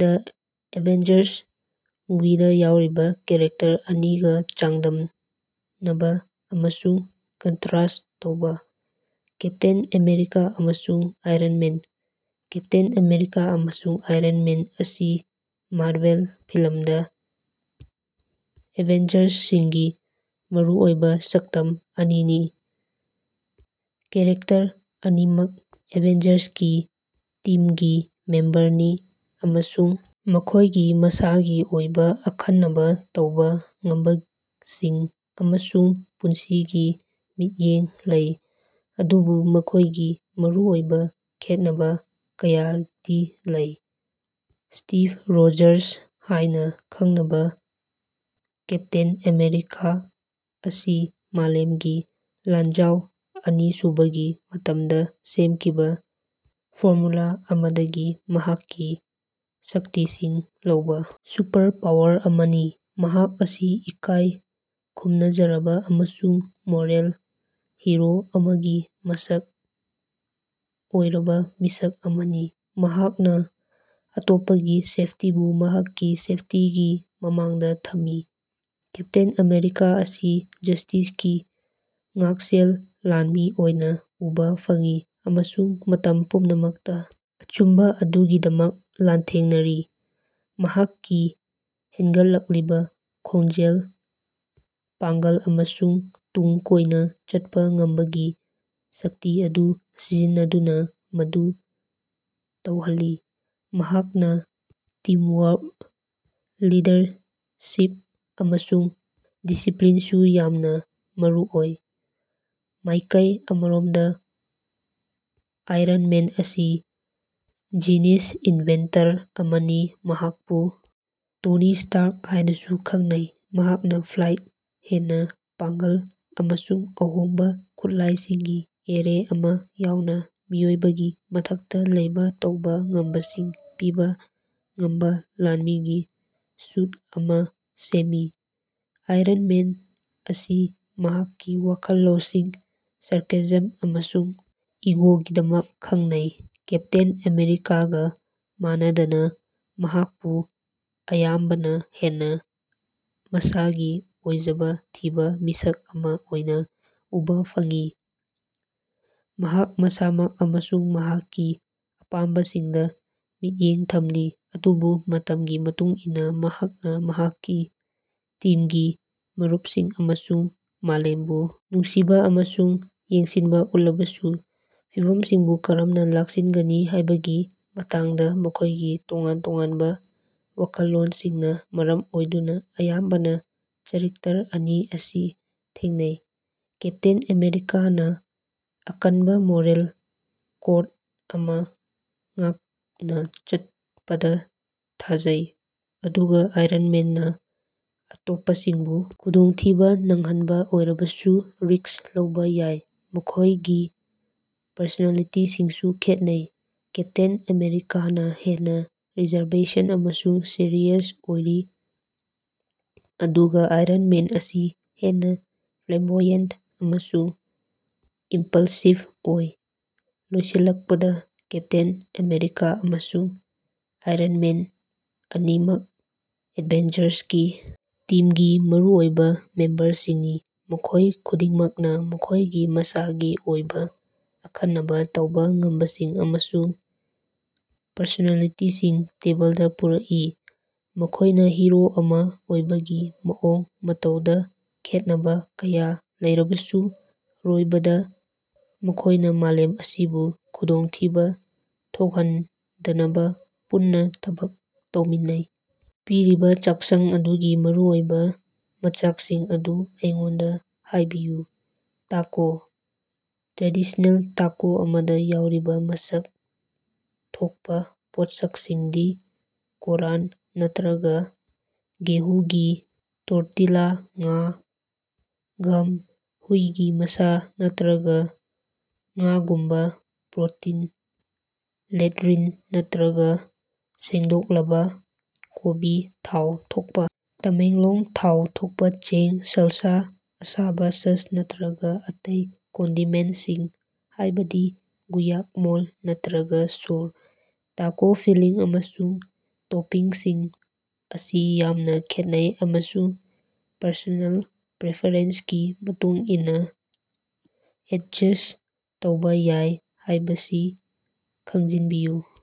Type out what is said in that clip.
ꯗ Avengers ꯃꯨꯚꯤꯗ ꯌꯥꯎꯔꯤꯕ character ꯑꯅꯤꯒ ꯆꯥꯡꯗꯝꯅꯕ ꯑꯃꯁꯨꯡ ꯀꯟꯇ꯭ꯔꯥꯁ ꯇꯧꯕꯥ꯫ ꯀꯦꯞꯇꯦꯟ ꯑꯃꯦꯔꯤꯀꯥ ꯑꯃꯁꯨꯡ ꯑꯥꯏꯔꯟ ꯃꯦꯟ꯫ ꯀꯦꯞꯇꯦꯟ ꯑꯃꯦꯔꯤꯀꯥ ꯑꯃꯁꯨꯡ ꯑꯥꯏꯔꯟ ꯃꯦꯟ ꯑꯁꯤ ꯃꯥꯔꯚꯦꯜ ꯐꯤꯂꯝꯗ ꯑꯦꯚꯦꯟꯖꯔꯁꯀꯤ ꯃꯔꯨꯑꯣꯏꯕ ꯁꯛꯇꯝ ꯑꯅꯤꯅꯤ꯫ ꯀꯦꯔꯦꯛꯇꯔ ꯑꯅꯤꯃꯛ ꯑꯦꯚꯦꯟꯖꯔꯁꯀꯤ ꯇꯤꯝꯒꯤ ꯃꯦꯝꯕꯔꯅꯤ ꯑꯃꯁꯨꯡ ꯃꯈꯣꯏꯒꯤ ꯃꯁꯥꯒꯤ ꯑꯣꯏꯕ ꯑꯈꯟꯅꯕ ꯇꯧꯕ ꯉꯝꯕꯁꯤꯡ ꯑꯃꯁꯨꯡ ꯄꯨꯟꯁꯤꯒꯤ ꯃꯤꯠꯌꯦꯡ ꯂꯩ, ꯑꯗꯨꯕꯨ ꯃꯈꯣꯏꯒꯤ ꯃꯔꯨꯑꯣꯏꯕ ꯈꯦꯠꯅꯕ ꯀꯌꯥꯗꯤ ꯂꯩ꯫ ꯁ꯭ꯇꯤꯚ ꯔꯣꯖꯔꯁ ꯍꯥꯏꯅ ꯈꯪꯅꯕ ꯀꯦꯞꯇꯦꯟ ꯑꯃꯦꯔꯤꯀꯥ ꯑꯁꯤ ꯃꯥꯂꯦꯝꯒꯤ ꯂꯥꯟꯖꯥꯎ ꯑꯅꯤꯁꯨꯕꯒꯤ ꯃꯇꯝꯗ ꯁꯦꯝꯈꯤꯕꯥ ꯐꯣꯔꯃꯨꯂꯥ ꯑꯃꯗꯒꯤ ꯃꯍꯥꯛꯀꯤ ꯁꯛꯇꯤꯁꯤꯡ ꯂꯧꯕ ꯁꯨꯄꯔ-ꯄꯥꯋꯔ ꯑꯃꯅꯤ꯫ ꯃꯍꯥꯛ ꯑꯁꯤ ꯏꯀꯥꯏ ꯈꯨꯝꯅꯖꯔꯕ ꯑꯃꯁꯨꯡ ꯃꯣꯔꯦꯜ ꯍꯤꯔꯣ ꯑꯃꯒꯤ ꯃꯁꯛ ꯑꯣꯏꯔꯕ ꯃꯤꯁꯛ ꯑꯃꯅꯤ, ꯃꯍꯥꯛꯅ ꯑꯇꯣꯞꯄꯒꯤ ꯁꯦꯐꯇꯤꯕꯨ ꯃꯍꯥꯛꯀꯤ ꯁꯦꯐꯇꯤꯒꯤ ꯃꯃꯥꯡꯗꯥ ꯊꯝꯃꯤ꯫ ꯀꯦꯞꯇꯦꯟ ꯑꯃꯦꯔꯤꯀꯥ ꯑꯁꯤ ꯖꯁ꯭ꯇꯤꯁꯀꯤ ꯉꯥꯛꯁꯦꯜ ꯂꯥꯟꯃꯤ ꯑꯣꯏꯅ ꯎꯕ ꯐꯪꯏ, ꯑꯃꯁꯨꯡ ꯃꯇꯝ ꯄꯨꯝꯅꯃꯛꯇ ꯑꯆꯨꯝꯕ ꯑꯗꯨꯒꯤꯗꯃꯛ ꯂꯥꯟꯊꯦꯡꯅꯔꯤ, ꯃꯍꯥꯛꯀꯤ ꯍꯦꯟꯒꯠꯂꯛꯂꯤꯕ ꯈꯣꯡꯖꯦꯜ, ꯄꯥꯡꯒꯜ ꯑꯃꯁꯨꯡ ꯇꯨꯡ ꯀꯣꯏꯅ ꯆꯠꯄ ꯉꯝꯕꯒꯤ ꯁꯛꯇꯤ ꯑꯗꯨ ꯁꯤꯖꯤꯟꯅꯗꯨꯅ ꯃꯗꯨ ꯇꯧꯍꯜꯂꯤ꯫ ꯃꯍꯥꯛꯅ ꯇꯤꯝꯋꯥꯔꯛ, ꯂꯤꯗꯔꯁꯤꯞ ꯑꯃꯁꯨꯡ ꯗꯤꯁꯤꯄꯂꯤꯟꯁꯨ ꯌꯥꯝꯅ ꯃꯔꯨꯑꯣꯏ꯫ ꯃꯥꯏꯀꯩ ꯑꯃꯔꯣꯝꯗ ꯑꯥꯏꯔꯟ ꯃꯦꯟ ꯑꯁꯤ ꯖꯤꯅꯤꯁ ꯏꯟꯚꯦꯟꯇꯔ ꯑꯃꯅꯤ, ꯃꯍꯥꯛꯄꯨ ꯇꯣꯅꯤ ꯁ꯭ꯇꯥꯔꯛ ꯍꯥꯏꯅꯁꯨ ꯈꯪꯅꯩ꯫ ꯃꯍꯥꯛꯅ ꯐ꯭ꯂꯥꯏꯠ, ꯍꯦꯟꯅ ꯄꯥꯡꯒꯜ, ꯑꯃꯁꯨꯡ ꯑꯍꯣꯡꯕ ꯈꯨꯠꯂꯥꯏꯁꯤꯡꯒꯤ ꯑꯦꯔꯦ ꯑꯃꯥ ꯌꯥꯎꯅ ꯃꯤꯑꯣꯏꯕꯒꯤ ꯃꯊꯛꯇ ꯂꯩꯕ ꯇꯧꯕ ꯉꯝꯕꯁꯤꯡ ꯄꯤꯕ ꯉꯝꯕ ꯂꯥꯟꯃꯤꯒꯤ ꯁꯨꯠ ꯑꯃꯥ ꯁꯦꯝꯃꯤ꯫ ꯑꯥꯏꯔꯟ ꯃꯦꯟ ꯑꯁꯤ ꯃꯍꯥꯛꯀꯤ ꯋꯥꯈꯜ ꯂꯧꯁꯤꯡ, ꯁꯥꯔꯀꯥꯁꯝ ꯑꯃꯁꯨꯡ ꯏꯒꯣꯒꯤꯗꯃꯛ ꯈꯪꯅꯩ꯫ ꯀꯦꯞꯇꯦꯟ ꯑꯃꯦꯔꯤꯀꯥꯒ ꯃꯥꯟꯅꯗꯅ, ꯃꯍꯥꯛꯄꯨ ꯑꯌꯥꯝꯕꯅ ꯍꯦꯟꯅ ꯃꯁꯥꯒꯤ ꯑꯣꯏꯖꯕ ꯊꯤꯕ ꯃꯤꯁꯛ ꯑꯃ ꯑꯣꯏꯅ ꯎꯕ ꯐꯪꯏ, ꯃꯍꯥꯛ ꯃꯁꯥꯃꯛ ꯑꯃꯁꯨꯡ ꯃꯍꯥꯛꯀꯤ ꯑꯄꯥꯝꯕꯁꯤꯡꯗ ꯃꯤꯠꯌꯦꯡ ꯊꯝꯂꯤ, ꯑꯗꯨꯕꯨ ꯃꯇꯝꯒꯤ ꯃꯇꯨꯡ ꯏꯟꯅ ꯃꯍꯥꯛꯅ ꯃꯍꯥꯛꯀꯤ ꯇꯤꯝꯒꯤ ꯃꯔꯨꯞꯁꯤꯡ ꯑꯃꯁꯨꯡ ꯃꯥꯂꯦꯝꯕꯨ ꯅꯨꯡꯁꯤꯕ ꯑꯃꯁꯨꯡ ꯌꯦꯡꯁꯤꯟꯕ ꯎꯠꯂꯕꯁꯨ꯫ ꯐꯤꯚꯝꯁꯤꯡꯕꯨ ꯀꯔꯝꯅ ꯂꯥꯛꯁꯤꯟꯒꯅꯤ ꯍꯥꯏꯕꯒꯤ ꯃꯇꯥꯡꯗ ꯃꯈꯣꯏꯒꯤ ꯇꯣꯉꯥꯟ ꯇꯣꯉꯥꯟꯕ ꯋꯥꯈꯜꯂꯣꯟꯁꯤꯡꯅ ꯃꯔꯝ ꯑꯣꯏꯗꯨꯅ ꯑꯌꯥꯝꯕꯅ ꯆꯔꯤꯇꯔ ꯑꯅꯤ ꯑꯁꯤ ꯊꯦꯡꯅꯩ꯫ ꯀꯦꯞꯇꯦꯟ ꯑꯃꯦꯔꯤꯀꯥꯅ ꯑꯀꯟꯕ ꯃꯣꯔꯦꯜ ꯀꯣꯗ ꯑꯃꯥ ꯉꯥꯛꯅ ꯆꯠꯄꯗ ꯊꯥꯖꯩ, ꯑꯗꯨꯒ ꯑꯥꯏꯔꯟ ꯃꯦꯟꯅ ꯑꯇꯣꯞꯄꯁꯤꯡꯕꯨ ꯈꯨꯗꯣꯡꯊꯤꯕꯥ ꯅꯪꯍꯟꯕ ꯑꯣꯏꯔꯕꯁꯨ ꯔꯤꯁꯛ ꯂꯧꯕ ꯌꯥꯏ꯫ ꯃꯈꯣꯏꯒꯤ ꯄꯔꯁꯣꯅꯦꯂꯤꯇꯤꯁꯤꯡꯁꯨ ꯈꯦꯠꯅꯩ, ꯀꯦꯞꯇꯦꯟ ꯑꯃꯦꯔꯤꯀꯥꯅ ꯍꯦꯟꯅ ꯔꯤꯖꯔꯕꯦꯁꯟ ꯑꯃꯁꯨꯡ ꯁꯤꯔꯤꯌꯁ ꯑꯣꯏꯔꯤ, ꯑꯗꯨꯒ ꯑꯥꯏꯔꯟ ꯃꯦꯟ ꯑꯁꯤ ꯍꯦꯟꯅ ꯐ꯭ꯂꯦꯝꯕꯣꯌꯟꯠ ꯑꯃꯁꯨꯡ ꯏꯝꯄꯜꯁꯤꯕ ꯑꯣꯏ꯫ ꯂꯣꯏꯁꯤꯜꯂꯛꯄꯗ, ꯀꯦꯞꯇꯦꯟ ꯑꯃꯦꯔꯤꯀꯥ ꯑꯃꯁꯨꯡ ꯑꯥꯏꯔꯟ ꯃꯦꯟ ꯑꯅꯤꯃꯛ ꯑꯦꯚꯦꯟꯖꯔꯁꯀꯤ ꯇꯤꯝꯒꯤ ꯃꯔꯨꯑꯣꯏꯕ ꯃꯦꯝꯕꯔꯁꯤꯡꯅꯤ, ꯃꯈꯣꯏ ꯈꯨꯗꯤꯡꯃꯛꯅ ꯃꯈꯣꯏꯒꯤ ꯃꯁꯥꯒꯤ ꯑꯣꯏꯕ ꯑꯈꯟꯅꯕ ꯇꯧꯕ ꯉꯝꯕꯁꯤꯡ ꯑꯃꯁꯨꯡ ꯄꯔꯁꯣꯅꯦꯂꯤꯇꯤꯁꯤꯡ ꯇꯦꯕꯜꯗ ꯄꯨꯔꯛꯏ꯫ ꯃꯈꯣꯏꯅ ꯍꯤꯔꯣ ꯑꯃꯥ ꯑꯣꯏꯕꯒꯤ ꯃꯑꯣꯡ ꯃꯇꯧꯗ ꯈꯦꯠꯅꯕ ꯀꯌꯥ ꯂꯩꯔꯕꯁꯨ, ꯑꯔꯣꯏꯕꯗ ꯃꯈꯣꯏꯅ ꯃꯥꯂꯦꯝ ꯑꯁꯤꯕꯨ ꯈꯨꯗꯣꯡꯊꯤꯕ ꯊꯣꯛꯍꯟꯗꯅꯕ ꯄꯨꯟꯅ ꯊꯕꯛ ꯇꯧꯃꯤꯟꯅꯩ꯫ ꯄꯤꯔꯤꯕ ꯆꯥꯛꯁꯪ ꯑꯗꯨꯒꯤ ꯃꯔꯨꯑꯣꯏꯕ ꯃꯆꯥꯛꯁꯤꯡ ꯑꯗꯨ ꯑꯩꯉꯣꯟꯗ ꯍꯥꯏꯕꯤꯌꯨ꯫ ꯇꯥꯀꯣ꯫ ꯇ꯭ꯔꯦꯗꯤꯁꯅꯦꯜ ꯇꯥꯀꯣ ꯑꯃꯗ ꯌꯥꯎꯔꯤꯕ ꯃꯁꯛ ꯊꯣꯀꯄ ꯄꯣꯠꯁꯛꯁꯤꯡꯗꯤ: ꯀꯣꯔꯟ ꯅꯠꯇꯔꯒ ꯒꯦꯍꯨꯒꯤ ꯇꯣꯔꯇꯤꯂꯥ ꯉꯥ, ꯒꯝ, ꯍꯨꯏꯒꯤ ꯃꯁꯥ, ꯅꯠꯇꯔꯒ ꯉꯥꯒꯨꯝꯕ ꯄ꯭ꯔꯣꯇꯤꯟ ꯂꯦꯠꯔꯤꯟ ꯅꯠꯇꯔꯒ ꯁꯦꯡꯗꯣꯛꯂꯕ ꯀꯣꯕꯤ ꯊꯥꯎ ꯊꯣꯛꯄ ꯇꯃꯦꯡꯂꯣꯡ ꯊꯥꯎ ꯊꯣꯛꯄ ꯆꯦꯡ ꯁꯥꯜꯁꯥ, ꯑꯁꯥꯕꯥ ꯁꯁ ꯅꯠꯇꯔꯒ ꯑꯇꯩ ꯀꯟꯗꯤꯃꯦꯟꯠꯁꯤꯡ ꯍꯥꯏꯕꯗꯤ ꯒꯨꯌꯥꯛꯃꯣꯜ ꯅꯠꯇꯔꯒ ꯁꯣꯔ꯫ ꯇꯥꯀꯣ ꯐꯤꯜꯂꯤꯡ ꯑꯃꯁꯨꯡ ꯇꯣꯄꯤꯡꯁꯤꯡ ꯑꯁꯤ ꯌꯥꯝꯅ ꯈꯦꯠꯅꯩ ꯑꯃꯁꯨꯡ ꯄꯔꯁꯣꯅꯦꯜ ꯄꯔꯐꯦꯔꯦꯟꯁꯀꯤ ꯃꯇꯨꯡ ꯏꯟꯅ ꯑꯦꯗꯖꯁ꯭ꯠ ꯇꯧꯕ ꯌꯥꯏ ꯍꯥꯏꯕꯁꯤ ꯈꯪꯖꯤꯟꯕꯤꯌꯨ꯫